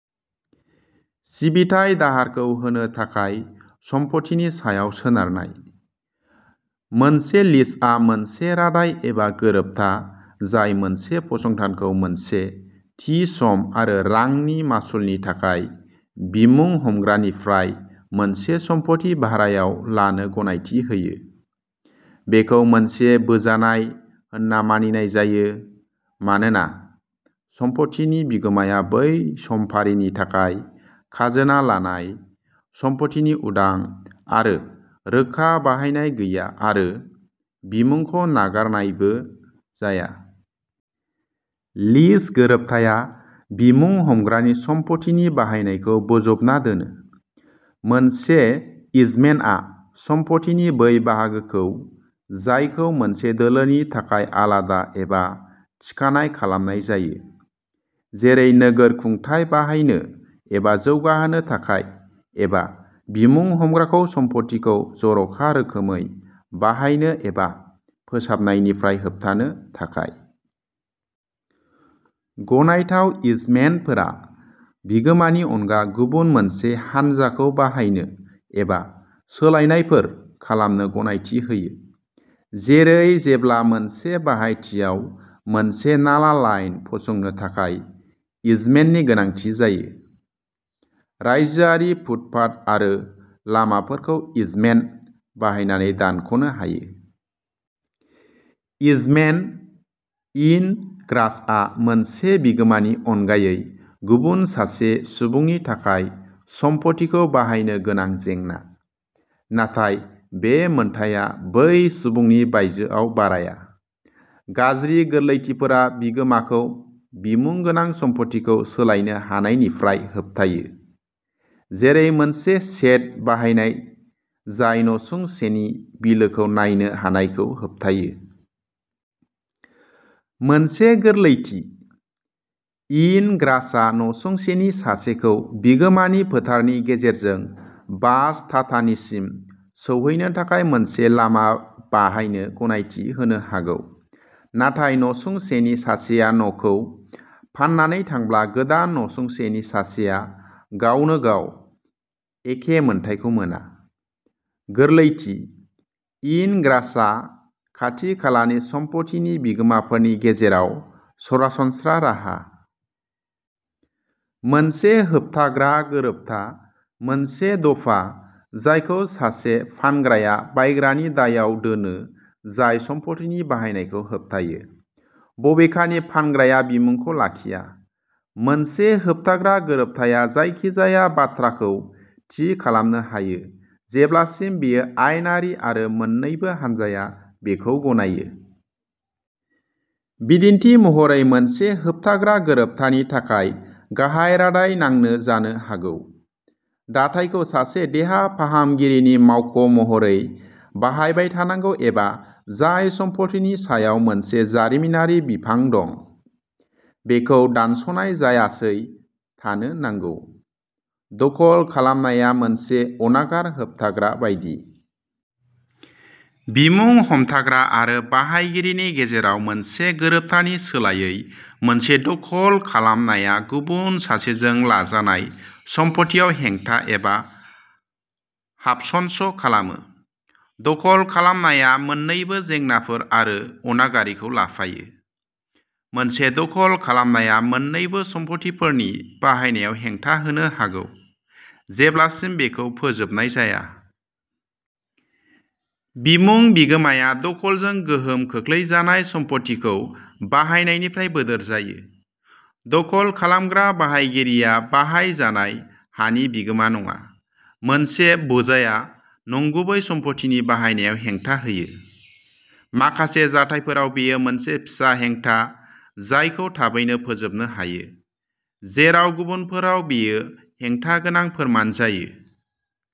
सिबिथाय दाहारखौ होनो थाखाय सम्फथिनि सायाव सोनारनाय। मोनसे लिजआ मोनसे रादाय एबा गोरोबथा जाय मोनसे फसंथानखौ मोनसे थि सम आरो रांनि मासुलनि थाखाय बिमुं-हमग्रानिफ्राय मोनसे सम्फथि भारायाव लानो गनायथि होयो। बेखौ मोनसे बोजानाय होनना मानिनाय जायो मानोना सम्पथिनि बिगोमाया बै समफारिनि थाखाय खाजोना-लानाय सम्पथिनि उदां आरो रोखा बाहायनाय गैया आरो बिमुंखौ नागारनायबो जाया। लिज गोरोबथाया बिमुं-हमग्रानि सम्पथिनि बाहायनायखौ बोजबना दोनो। मोनसे इजमेन्टआ सम्पथिनि बै बाहागोखौ जायखौ मोनसे दोलोनि थाखाय आलादा एबा थिखानाय खालामनाय जायो। जेरै नोगोर खुंथाय बाहायनो एबा जौगाहोनो थाखाय एबा बिमुं-हमग्राखौ सम्पथिखौ जर'खा रोखोमै बाहायनो एबा फोसाबनायनिफ्राय होबथानो थाखाय। गनायथाव इजमेन्टफोरा बिगोमानि अनगा गुबुन मोनसे हानजाखौ बाहायनो एबा सोलायनायफोर खालामनो गनायथि होयो। जेरै जेब्ला मोनसे बाहायथियाव मोनसे नाला लाइन फसंनो थाखाय इजमेन्टनि गोनांथि जायो। रायजोआरि फुटपाथ आरो लामाफोरखौ इजमेन्ट बाहायनानै दानख'नो हायो। इजमेन्ट-इन-ग्रासआ मोनसे बिगोमानि अनगायै गुबुन सासे सुबुंनि थाखाय सम्फथिखौ बाहायनो गोनां जेंना। नाथाय बे मोन्थाइआ बै सुबुंनि बायजोआव बाराया। गाज्रि गोरलैथिफोरा बिगोमाखौ बिमुं गोनां सम्फथिखौ सोलायनो हानायनिफ्राय होबथायो। जेरै मोनसे शेड बानायनाय जाय नसुंसेनि बिलोखौ नायनो हानायखौ होबथायो। मोनसे गोरलैथि-इन-ग्रासआ नसुंसेनि सासेखौ बिगोमानि फोथारनि गेजेरजों बास थाथानिसिम सौहैनो थाखाय मोनसे लामा बाहायनो गनायथि होनो हागौ। नाथाय नसुंसेनि सासेया न'खौ फाननानै थांब्ला गोदान नसुंसेनि सासेआ गावनो गाव एखे मोन्थाइखौ मोना। गोरलैथि-इन-ग्रासआ खाथिखालानि सम्पथिनि बिगोमाफोरनि गेजेराव सरासनस्रा राहा। मोनसे होबथाग्रा गोरोबथा मोनसे दफा जायखौ सासे फानग्राया बायग्रानि दायआव दोनो जाय सम्पथिनि बाहायनायखौ होबथायो। बबेखानि फानग्राया बिमुंखौ लाखिया। मोनसे होबथाग्रा गोरोबथाया जायखिजाया बाथ्राखौ थि खालामनो हायो जेब्लासिम बेयो आयेनारि आरो मोन्नैबो हानजाया बेखौ गनायो। बिदिन्थि महरै मोनसे होबथाग्रा गोरोबथानि थाखाय गाहाय रादाय नांनो जानो हागौ। दाथाइखौ सासे देहा फाहामगिरिनि मावख'महरै बाहायबाय थानांगौ एबा जाय सम्फथिनि सायाव मोनसे जारिमिनारि बिफां दं। बेखौ दानस'नाय जायासै थानो नांगौ। दखल खालामनाया मोनसे अनागार होबथाग्रा बायदि। बिमुं हमथाग्रा आरो बाहायगिरिनि गेजेराव मोनसे गोरोबथानि सोलायै मोनसे दखल खालामनाया गुबुन सासेजों लाजानाय सम्फथियाव हेंथा एबा हाबसनस' खालामो। दखल खालामनाया मोन्नैबो जेंनाफोर आरो अनागारिखौ लाफायो। मोनसे दखल खालामनाया मोन्नैबो सम्पथिफोरनि बाहायनायाव हेंथा होनो हागौ जेब्लासिम बेखौ फोजोबनाय जाया। बिमुं-बिगोमाया दखलजों गोहोम खोख्लैजानाय सम्पथिखौ बाहायनायनिफ्राय बोदोर जायो। दखल खालामग्रा बाहायगिरिया बाहायजानाय हानि बिगोमा नङा। मोनसे बोजाया नंगुबै सम्पथिनि बाहायनायाव हेंथा होयो। माखासे जाथायफोराव बेयो मोनसे फिसा हेंथा जायखौ थाबैनो फोजोबनो हायो। जेराव गुबुनफोराव बेयो हेंथा गोनां फोरमान जायो।